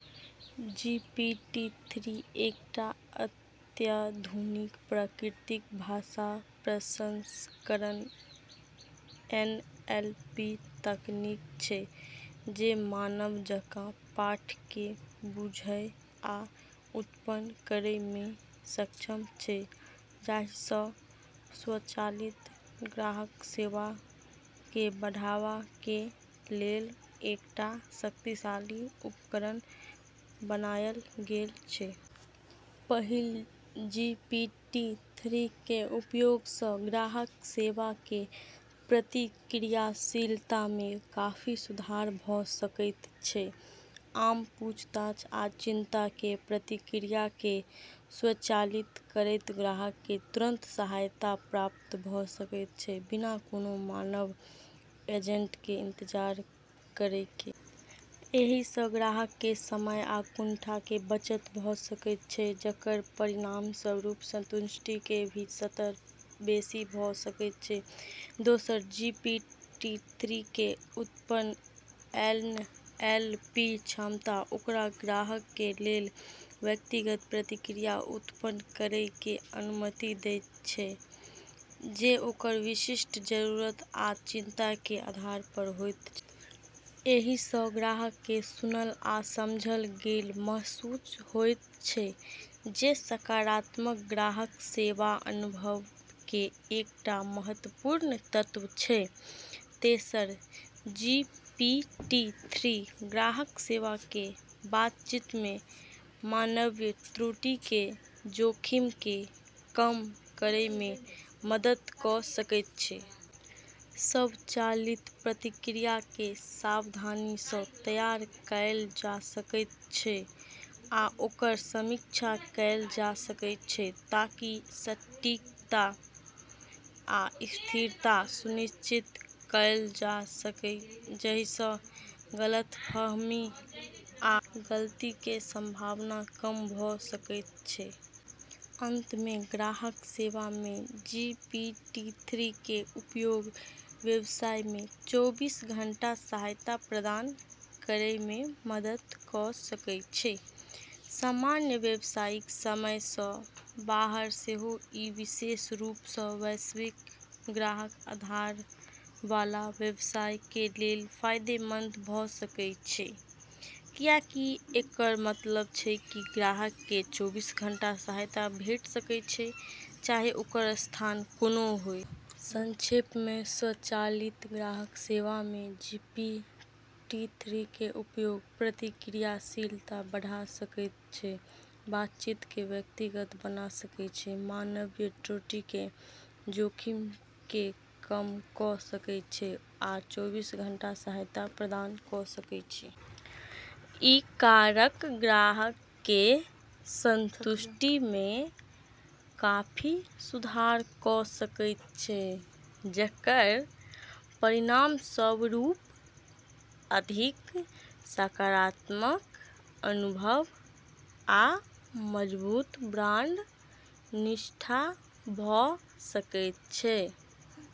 जी P T three एकटा अत्याधुनिक प्राकृतिक भाषा प्रसंस्करण (एन एल पी) तकनीक छै जे मानव जकाँ पाठ केँ बुझय आ उत्पन्न करय में सक्षम छै, जाहिसँ स्वचालित ग्राहक सेवा के बढ़ावा के लेल एकटा शक्तिशाली उपकरण बनायल गेल छै। पहिल, जी पी टी-थ्री के उपयोग सँ ग्राहक सेवा के प्रतिक्रियाशीलता में काफी सुधार भऽ सकैत छै। आम पूछताछ आ चिंता के प्रतिक्रिया केँ स्वचालित करैत ग्राहक केँ तुरंत सहायता प्राप्त भऽ सकैत छै, बिना कोनों मानव एजेंट के इंतजार करय के। एहि सँ ग्राहक के समय आ कुंठा के बचत भऽ सकैत छै, जकर परिणामस्वरूप संतुष्टि के स्तर बेसि भऽ सकैत छै। दोसर, जी पी टी-थ्री के उन्नत एन एल पी क्षमता ओकरा ग्राहक के लेल व्यक्तिगत प्रतिक्रिया उत्पन्न करय के अनुमति दैत छै, जे ओकर विशिष्ट जरूरत आ चिंता के आधार पर होइत छै। एहि सँ ग्राहक के सुनल आ समझल गेल महसूस होयत छै, जे सकारात्मक ग्राहक सेवा अनुभव के एकटा महत्वपूर्ण तत्व छै। तेसर, जी पी टी-थ्री ग्राहक सेवा के बातचीत में मानवीय त्रुटि के जोखिम केँ कम करय में मदद क' सकैत छै। स्वचालित प्रतिक्रिया के सावधानी सँ तैयार कएल जा सकैत छै आ ओकर समीक्षा कएल जा सकैत छै ताकि सटीकता आ स्थिरता सुनिश्चित कएल जा सकय, जाहिसँ गलतफहमी आ गलती के संभावना कम भऽ सकैत छै। अंत में, ग्राहक सेवा में जी पी टी-थ्री के उपयोग व्यवसाय के चौबीस घन्टा सहायता प्रदान करय में मदद क' सकैत छै, सामान्य व्यावसायिक समय सँ बाहर सेहो। ई विशेष रूप सँ वैश्विक ग्राहक आधार वाला व्यवसाय के लेल फायदेमंद भऽ सकय छै, कियाकि एकर मतलब छै कि ग्राहक के चौबीस घन्टा सहायता भेट सकैत छै, चाहे ओकर स्थान कोनो होय। संक्षेप में, स्वचालित ग्राहक सेवा में जी पी टी-थ्री के उपयोग प्रतिक्रियाशीलता बढ़ा सकैत छै, बातचीत के व्यक्तिगत बना सकैत छै, मानवीय त्रुटि के जोखिम केँ कम क' सकैत छै आ चौबीस घन्टा सहायता प्रदान क' सकैत छै। ई कारक ग्राहक के संतुष्टि में काफी सुधार क' सकैत छै, जकर परिणामस्वरूप अधिक सकारात्मक अनुभव आ मजबूत ब्रांड निष्ठा भऽ सकैत छै।